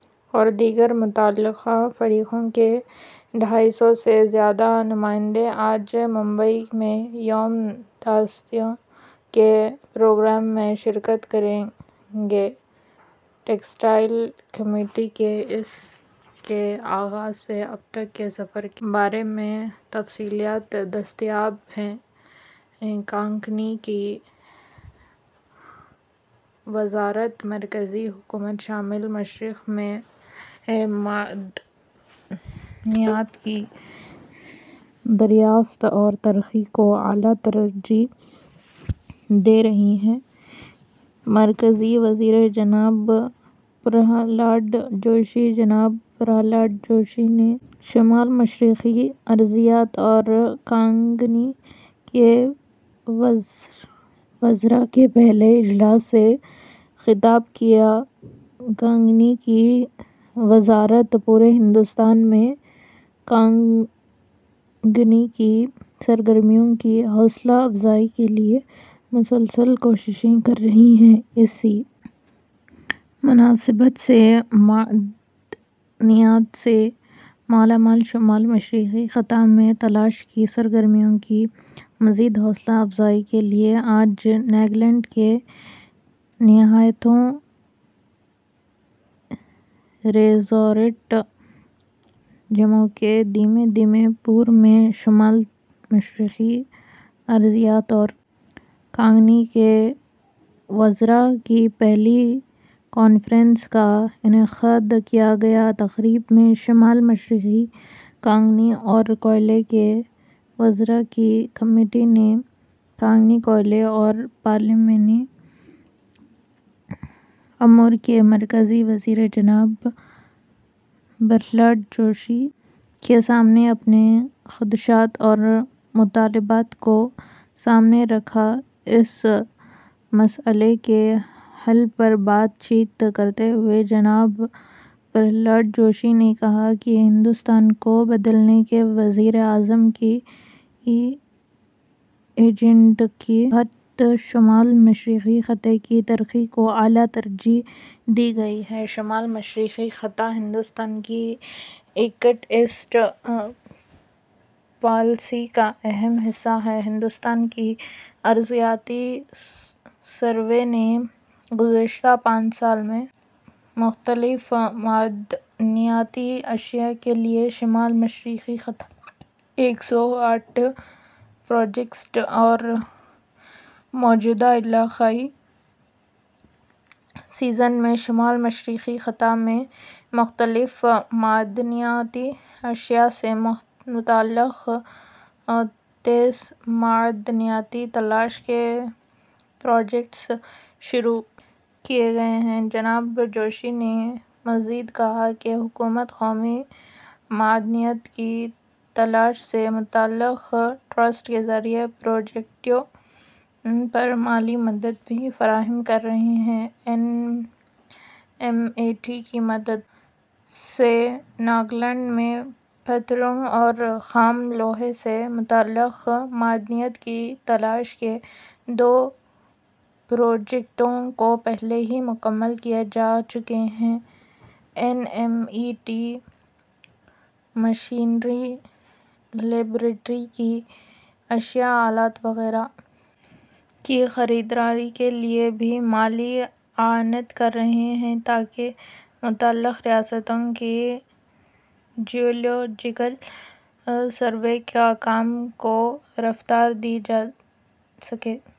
اور دیگر متعلقہ فریقوں کے ڈھائی سو سے زیادہ نمائندے آج ممبئی میں یوم تاسیس کے پروگرام میں شرکت کریں گے ٹیکسٹائل کمیٹی کے اس کے آغاز سے اب تک کے سفر کے بارے میں تفصیلات دستیاب ہیں کانکنی کی وزارت مرکزی حکومت شمال مشرق میں معدنیات کی دریافت اور ترقی کو اعلی ترجیح دے رہی ہے مرکزی وزیر جناب پرہلاد جوشی جناب پرہلاد جوشی نے شمال مشرقی ارضیات اور کانکنی کے وزرا کے پہلے اجلاس سے خطاب کیا کانکنی کی وزارت پورے ہندوستان میں کانکنی کی سرگرمیوں کی حوصلہ افزائی کے لیے مسلسل کوششیں کر رہی ہے اسی مناسبت سے معدنیات سے مالا مال شمال مشرقی خطے میں تلاش کی سرگرمیوں کی مزید حوصلہ افزائی کے لیے آج ناگالینڈ کے نیاتھو ریزارٹ چموکے دیما دیما پور میں شمال مشرقی ارضیات اور کانکنی کے وزرا کی پہلی کانفرنس کا انعقاد کیا گیا تقریب میں شمال مشرقی کانکنی اور کوئلے کے وزرا کی کمیٹی نے کانکنی کوئلہ اور پارلیمانی امور کے مرکزی وزیر جناب پرہلاد جوشی کے سامنے اپنے خدشات اور مطالبات کو سامنے رکھا اس مسئلے کے حل پر بات چیت کرتے ہوئے جناب پرہلاد جوشی نے کہا کہ ہندوستان کو بدلنے کے وزیر اعظم کے ایجنڈے کے تحت شمال مشرقی خطے کی ترقی کو اعلی ترجیح دی گئی ہے شمال مشرقی خطہ ہندوستان کی ایکٹ ایسٹ پالیسی کا اہم حصہ ہے ہندوستان کے ارضیاتی سروے نے گزشتہ پانچ سال میں مختلف معدنیاتی اشیا کے لیے شمال مشرقی خطے میں ایک سو آٹھ پروجیکٹس اور موجودہ علاقائی سیزن میں شمال مشرقی خطے میں مختلف معدنیاتی اشیا سے متعلق تئیس معدنیاتی تلاش کے پروجیکٹس شروع کیے ہیں جناب جوشی نے مزید کہا کہ حکومت قومی معدنیات کی تلاش سے متعلق ٹرسٹ کے ذریعہ پروجیکٹوں پر مالی مدد بھی فراہم کر رہی ہے این ایم ای ٹی کی مدد سے ناگالینڈ میں پتھروں اور خام لوہا سے متعلق معدنیات کی تلاش کے دو پروجیکٹوں کو پہلے ہی مکمل کیا جا چکا ہے N M E T machinery laboratory کی اشیا آلات وغیرہ کی خریداری کے لیے بھی مالی اعانت کر رہا ہے تاکہ مختلف ریاستوں کے جیولوجیکل سروے کے کام کو رفتار دی جا سکے